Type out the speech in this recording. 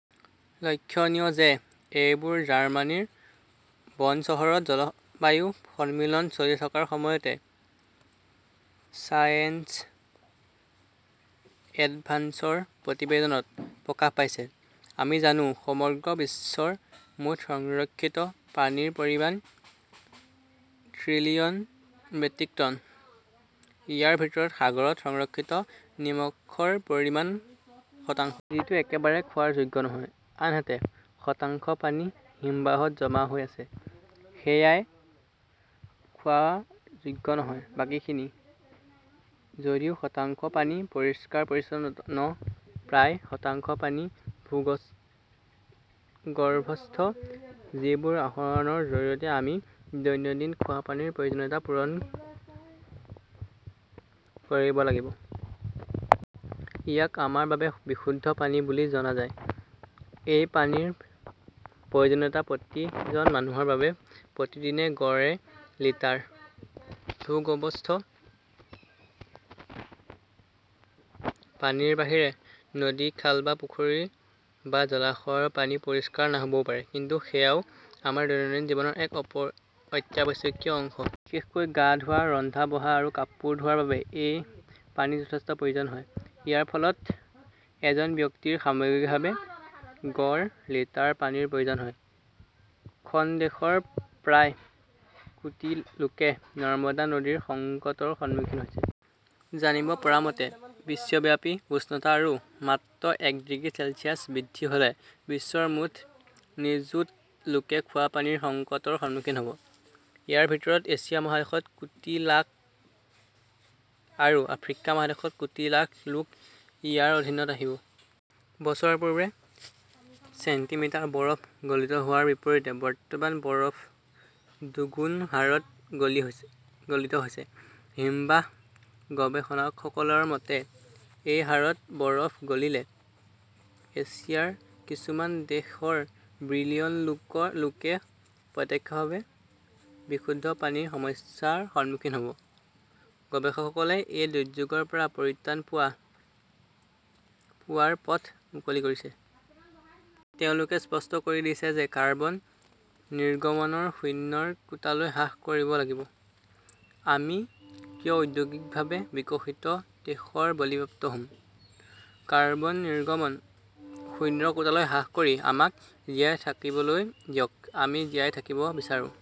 লক্ষণীয় যে এইবোৰ জাৰ্মানীৰ বন চহৰত জলবায়ু সন্মিলন চলি থকাৰ সময়তে ছায়েন্স এডভান্সছৰ প্ৰতিবেদনত প্ৰকাশ পাইছে। আমি জানো, সমগ্ৰ বিশ্বৰ মুঠ সংৰক্ষিত পানীৰ পৰিমাণ ট্ৰিলিয়ন মেট্ৰিক টন। ইয়াৰ ভিতৰত সাগৰত সংৰক্ষিত নিমখৰ পৰিমাণ শতাংশ। যিটো একেবাৰে খোৱাৰ যোগ্য নহয়। আনহাতে, শতাংশ পানী হিমবাহত জমা হৈ আছে। সেয়াও খোৱাৰ যোগ্য নহয়। বাকীখিনি। যদিও শতাংশ পানী পৰিষ্কাৰ-পৰিচ্ছন্ন, প্ৰায়। শতাংশ পানী ভূগৰ্ভস্থ। যিবোৰ আহৰণৰ জৰিয়তে আমি দৈনন্দিন খোৱা পানীৰ প্ৰয়োজনীয়তা পূৰণ কৰিব লাগিব। ইয়াক আমাৰ বাবে বিশুদ্ধ পানী বুলি জনা যায়। এই পানীৰ প্ৰয়োজনীয়তা প্ৰতিজন মানুহৰ বাবে প্ৰতিদিনে গড়ে লিটাৰ। ভূগৰ্ভস্থ পানীৰ বাহিৰে নদী, খাল বা পুখুৰী বা জলাশয়ৰ পানী পৰিষ্কাৰ নহ 'বও পাৰে। কিন্তু সেয়াও আমাৰ দৈনন্দিন জীৱনৰ এক অত্যাৱশ্যকীয় অংশ। বিশেষকৈ গা ধোৱা, ৰন্ধা-বঢ়া আৰু কাপোৰ ধোৱাৰ বাবে এই পানীৰ যথেষ্ট প্ৰয়োজন হয়। ইয়াৰ ফলত এজন ব্যক্তিৰ সামগ্ৰিকভাৱে গড় লিটাৰ পানীৰ প্ৰয়োজন হয়। খন দেশৰ প্ৰায় কোটি লোকে নৰ্দমা পানীৰ সংকটৰ সন্মুখীন হৈছে। জানিব পৰা মতে, বিশ্বব্যাপী উষ্ণতা আৰু মাত্ৰ এক ডিগ্ৰী চেলছিয়াছ বৃদ্ধি হ "লে বিশ্বৰ মুঠ নিযুত লোকে খোৱা পানীৰ সংকটৰ সন্মুখীন হ" ব। ইয়াৰ ভিতৰত এছিয়া মহাদেশত কোটি লাখ আৰু আফ্ৰিকা মহাদেশত কোটি লাখ লোক ইয়াৰ অধীনত আহিব। বছৰ পূৰ্বে চেণ্টিমিটাৰ বৰফ গলিত হোৱাৰ বিপৰীতে বৰ্তমান বৰফ দুগুণ হাৰত গলিত হৈছে। হিমবাহ গৱেষকসকলৰ মতে-এই হাৰত বৰফ গলিলে এছিয়াৰ কিছুমান দেশৰ বিলিয়ন লোকে প্ৰত্যক্ষভাৱে বিশুদ্ধ পানীৰ সমস্যাৰ সন্মুখীন হ 'ব। গৱেষকসকলে এই দুৰ্যোগৰ পৰা পৰিত্ৰাণ পোৱাৰ পথও মুকলি কৰিছে। তেওঁলোকে স্পষ্ট কৰি দিছে যে কাৰ্বন নিৰ্গমন শূন্যৰ কোটালৈ হ্ৰাস কৰিব লাগিব। আমি কিয় ঔদ্যোগিকভাৱে বিকশিত দেশৰ বলিপত্ৰ হ 'ম! কাৰ্বন নিৰ্গমন শূন্যৰ কোটালৈ হ্ৰাস কৰি আমাক জীয়াই থাকিবলৈ দিয়ক; আমি জীয়াই থাকিব বিচাৰো।